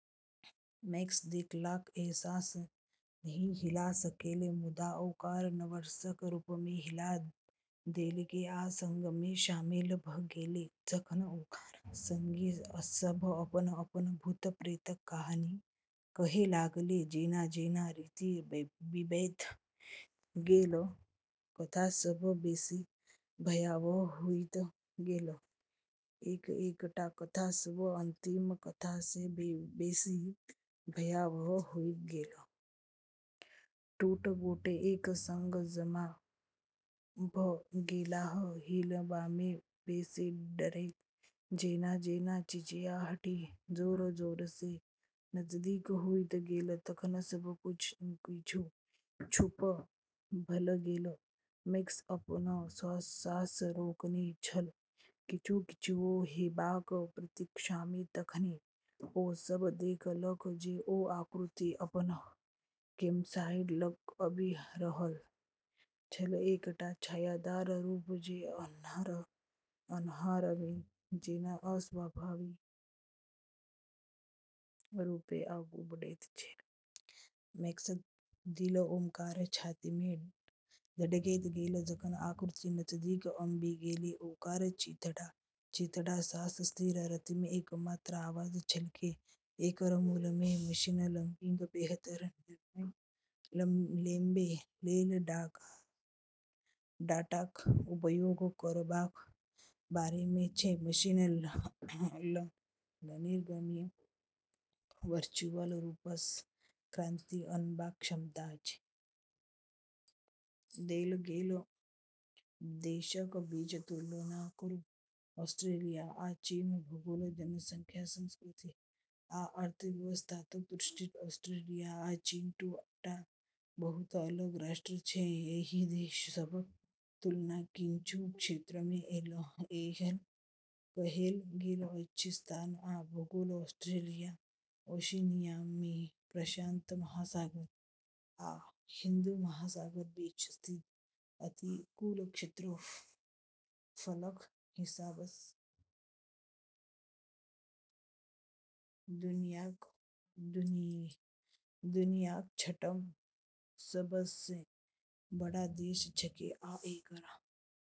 Max देखलाक एहसास नहि हिला सकलै, मुदा ओकरा नर्वसक रूपमे हिला देलकै आ संगमे शामिल भऽ गेलै, जखन ओकर संगी सभ अपन-अपन भूत-प्रेतक कहानी कहै लागलै। जेना-जेना राति बीतैत गेल, कथा सभ बेसी भयावह होइत गेल, एक-एकटा कथा सभ अंतिम कथासँ बेसी भयावह होइत गेल। दूनू गोटे एक संग जमा भऽ गेलाह, हिलबामे बेसी डरैत, जेना-जेना चिचियाहटि जोर-जोरसँ नजदीक होइत गेल। तखन, सब किछु चुप भऽ गेल। मैक्स अपन साँस रोकने छल, किछु, किछुओ, हेबाक प्रतीक्षामे। तखने ओ सभ देखलक जे ओ आकृति अपन कैम्पसाइट लग आबि रहल छल, एकटा छायादार रूप जे अन्हारमे जेना अस्वाभाविक रूपेँ आगू बढ़ैत छल। मैक्सक दिल ओकर छातीमे धड़कैत गेलै जखन आकृति नजदीक आबि गेलै, ओकर चीथड़ा-चीथड़ा साँस स्थिर रातिमे एकमात्र आवाज छलैक। एकर मूलमे मशीन लर्निंग बेहतर निर्णय लेबै लेल डाटाक उपयोग करबाक बारेमे छै। मशीन लर्निंगमे वर्चुअल रूपसँ क्रांति अनबाक क्षमता अछि। देल गेल देशक बीच तुलना करू। ऑस्ट्रेलिया आ चीन भूगोल, जनसंख्या, संस्कृति, आ अर्थव्यवस्थाक दृष्टिसँ ऑस्ट्रेलिया आ चीन दू टा बहुत अलग राष्ट्र छै। एहि देश सभक तुलना किछु क्षेत्रमे कएल गेल अछि: स्थान आ भूगोल: ऑस्ट्रेलिया ओशिनियामे प्रशांत महासागर आ हिंद महासागरक बीच स्थित अछि कुल क्षेत्रफलक हिसाबसँ ई दुनियाक छठम सबसँ बड़ देश छकै आ एकरा।